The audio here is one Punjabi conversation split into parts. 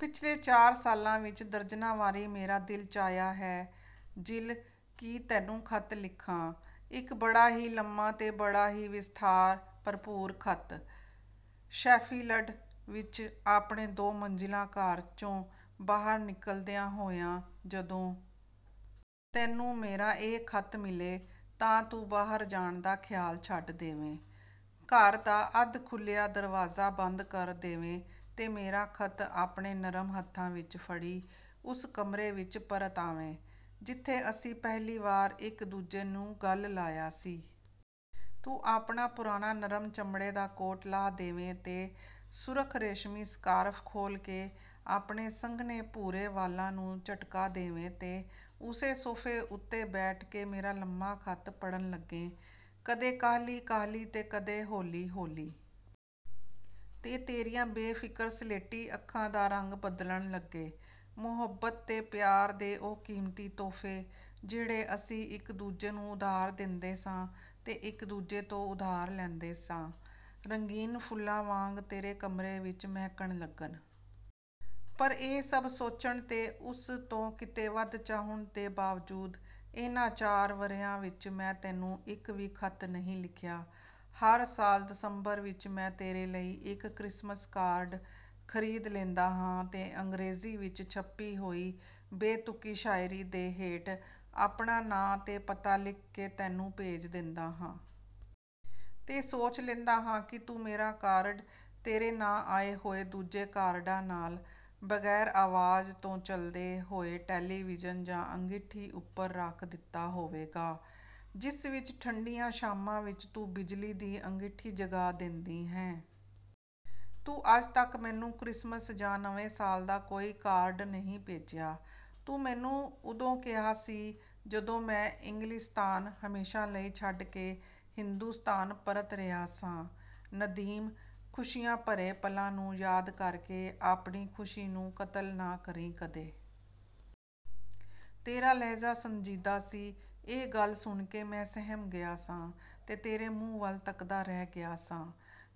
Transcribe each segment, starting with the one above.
ਪਿੱਛਲੇ ਚਾਰ ਸਾਲਾਂ ਵਿੱਚ ਦਰਜਨਾਂ ਵਾਰੀ ਮੇਰਾ ਦਿਲ ਚਾਹਿਆ ਹੈ, ਜਿਲ, ਕਿ ਤੈਨੂੰ ਖ਼ਤ ਲਿਖਾਂ—ਇੱਕ ਬੜਾ ਹੀ ਲੰਮਾ ਤੇ ਬੜਾ ਹੀ ਵਿਸਥਾਰ-ਭਰਪੂਰ ਖ਼ਤ। ਸ਼ੈਫ਼ੀਲਡ ਵਿੱਚ ਆਪਣੇ ਦੋ-ਮੰਜ਼ਿਲਾ ਘਰ 'ਚੋਂ ਬਾਹਰ ਨਿਕਲਦਿਆਂ ਹੋਇਆਂ, ਜਦੋਂ ਤੈਨੂੰ ਮੇਰਾ ਇਹ ਖ਼ਤ ਮਿਲੇ, ਤਾਂ ਤੂੰ ਬਾਹਰ ਜਾਣ ਦਾ ਖ਼ਿਆਲ ਛੱਡ ਦੇਵੇਂ, ਘਰ ਦਾ ਅੱਧ-ਖੁੱਲ੍ਹਿਆ ਦਰਵਾਜ਼ਾ ਬੰਦ ਕਰ ਦੇਵੇਂ ਤੇ ਮੇਰਾ ਖ਼ਤ ਆਪਣੇ ਨਰਮ ਹੱਥਾਂ ਵਿੱਚ ਫੜੀ ਉਸ ਕਮਰੇ ਵਿੱਚ ਪਰਤ ਆਵੇਂ, ਜਿੱਥੇ ਅਸੀਂ ਪਹਿਲੀ ਵਾਰ ਇੱਕ-ਦੂਜੇ ਨੂੰ ਗਲ਼ ਲਾਇਆ ਸੀ। ਤੂੰ ਆਪਣਾ ਪੁਰਾਣਾ ਨਰਮ ਚਮੜੇ ਦਾ ਕੋਟ ਲਾਹ ਦੇਵੇਂ ਤੇ ਸੁਰਖ਼ ਰੇਸ਼ਮੀ ਸਕਾਰਫ਼ ਖੋਲ੍ਹ ਕੇ ਆਪਣੇ ਸੰਘਣੇ ਭੂਰੇ ਵਾਲਾਂ ਨੂੰ ਝਟਕਾ ਦੇਵੇਂ ਤੇ ਉਸੇ ਸੋਫ਼ੇ ਉੱਤੇ ਬੈਠ ਕੇ ਮੇਰਾ ਲੰਮਾ ਖ਼ਤ ਪੜ੍ਹਨ ਲੱਗੇਂ—ਕਦੇ ਕਾਹਲੀ-ਕਾਹਲੀ ਤੇ ਕਦੇ ਹੌਲੀ-ਹੌਲੀ। ਤੇ ਤੇਰੀਆਂ ਬੇਫ਼ਿਕਰ ਸਲੇਟੀ ਅੱਖਾਂ ਦਾ ਰੰਗ ਬਦਲਣ ਲੱਗੇ। ਮੁਹੱਬਤ ਤੇ ਪਿਆਰ ਦੇ ਉਹ ਕੀਮਤੀ ਤੋਹਫ਼ੇ, ਜਿਹੜੇ ਅਸੀਂ ਇੱਕ-ਦੂਜੇ ਨੂੰ ਉਧਾਰ ਦੇਂਦੇ ਸਾਂ ਤੇ ਇੱਕ-ਦੂਜੇ ਤੋਂ ਉਧਾਰ ਲੈਂਦੇ ਸਾਂ, ਰੰਗੀਨ ਫੁੱਲਾਂ ਵਾਂਗ ਤੇਰੇ ਕਮਰੇ ਵਿੱਚ ਮਹਿਕਣ ਲੱਗਣ। ਪਰ ਇਹ ਸਭ ਸੋਚਣ ਤੇ ਉਸ ਤੋਂ ਕਿਤੇ ਵੱਧ ਚਾਹੁਣ ਦੇ ਬਾਵਜੂਦ, ਇਹਨਾਂ ਚਾਰ ਵਰ੍ਹਿਆਂ ਵਿੱਚ ਮੈਂ ਤੈਨੂੰ ਇੱਕ ਵੀ ਖ਼ਤ ਨਹੀਂ ਲਿਖਿਆ। ਹਰ ਸਾਲ ਦਸੰਬਰ ਵਿੱਚ ਮੈਂ ਤੇਰੇ ਲਈ ਇੱਕ ਕ੍ਰਿਸਮਿਸ ਕਾਰਡ ਖ਼ਰੀਦ ਲੈਂਦਾ ਹਾਂ ਤੇ ਅੰਗਰੇਜ਼ੀ ਵਿੱਚ ਛਪੀ ਹੋਈ ਬੇਤੁਕੀ ਸ਼ਾਇਰੀ ਦੇ ਹੇਠ ਆਪਣਾ ਨਾਂ ਤੇ ਪਤਾ ਲਿਖ ਕੇ ਤੈਨੂੰ ਭੇਜ ਦੇਂਦਾ ਹਾਂ। ਤੇ ਸੋਚ ਲੈਂਦਾ ਹਾਂ ਕਿ ਤੂੰ ਮੇਰਾ ਕਾਰਡ ਤੇਰੇ ਨਾਂ ਆਏ ਹੋਏ ਦੂਜੇ ਕਾਰਡਾਂ ਨਾਲ, ਬਗ਼ੈਰ ਆਵਾਜ਼ ਤੋਂ ਚੱਲਦੇ ਹੋਏ ਟੈਲੀਵੀਜ਼ਨ ਜਾਂ ਅੰਗੀਠੀ ਉੱਪਰ ਰੱਖ ਦਿੱਤਾ ਹੋਵੇਗਾ, ਜਿਸ ਵਿੱਚ ਠੰਡੀਆਂ ਸ਼ਾਮਾਂ ਵਿੱਚ ਤੂੰ ਬਿਜਲੀ ਦੀ ਅੰਗੀਠੀ ਜਗਾ ਦੇਂਦੀ ਹੈਂ। ਤੂੰ ਅੱਜ ਤੱਕ ਮੈਨੂੰ ਕ੍ਰਿਸਮਿਸ ਜਾਂ ਨਵੇਂ ਸਾਲ ਦਾ ਕੋਈ ਕਾਰਡ ਨਹੀਂ ਭੇਜਿਆ। ਤੂੰ ਮੈਨੂੰ ਉਦੋਂ ਕਿਹਾ ਸੀ, ਜਦੋਂ ਮੈਂ ਇੰਗਲਿਸਤਾਨ ਹਮੇਸ਼ਾ ਲਈ ਛੱਡ ਕੇ ਹਿੰਦੁਸਤਾਨ ਪਰਤ ਰਿਹਾ ਸਾਂ, "ਨਦੀਮ, ਖੁਸ਼ੀਆਂ ਭਰੇ ਪਲਾਂ ਨੂੰ ਯਾਦ ਕਰਕੇ ਆਪਣੀ ਖੁਸ਼ੀ ਨੂੰ ਕਤਲ ਨਾ ਕਰੀਂ ਕਦੇ।" ਤੇਰਾ ਲਹਿਜ਼ਾ ਸੰਜੀਦਾ ਸੀ। ਇਹ ਗੱਲ ਸੁਣ ਕੇ ਮੈਂ ਸਹਿਮ ਗਿਆ ਸਾਂ ਤੇ ਤੇਰੇ ਮੂੰਹ ਵੱਲ ਤੱਕਦਾ ਰਹਿ ਗਿਆ ਸਾਂ।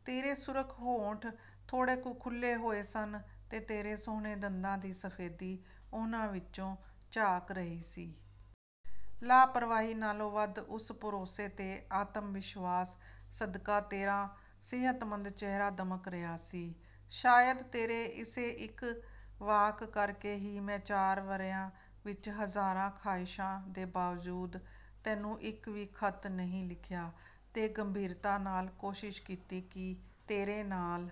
ਤੇਰੇ ਸੁਰਖ਼ ਹੋਂਠ ਥੋੜ੍ਹੇ ਕੁ ਖੁੱਲ੍ਹੇ ਹੋਏ ਸਨ ਤੇ ਤੇਰੇ ਸੋਹਣੇ ਦੰਦਾਂ ਦੀ ਸਫ਼ੇਦੀ ਉਹਨਾਂ ਵਿੱਚੋਂ ਝਾਕ ਰਹੀ ਸੀ। ਲਾਪ੍ਰਵਾਹੀ ਨਾਲੋਂ ਵੱਧ ਉਸ ਭਰੋਸੇ ਤੇ ਆਤਮ-ਵਿਸ਼ਵਾਸ ਸਦਕਾ ਤੇਰਾ ਸਿਹਤਮੰਦ ਚਿਹਰਾ ਦਮਕ ਰਿਹਾ ਸੀ। ਸ਼ਾਇਦ ਤੇਰੇ ਇਸੇ ਇੱਕ ਵਾਕ ਕਰਕੇ ਹੀ ਮੈਂ ਚਾਰ ਵਰ੍ਹਿਆਂ ਵਿੱਚ ਹਜ਼ਾਰਾਂ ਖ਼ਾਹਿਸ਼ਾਂ ਦੇ ਬਾਵਜੂਦ ਤੈਨੂੰ ਇੱਕ ਵੀ ਖ਼ਤ ਨਹੀਂ ਲਿਖਿਆ ਤੇ ਗੰਭੀਰਤਾ ਨਾਲ ਕੋਸ਼ਿਸ਼ ਕੀਤੀ ਕਿ ਤੇਰੇ ਨਾਲ...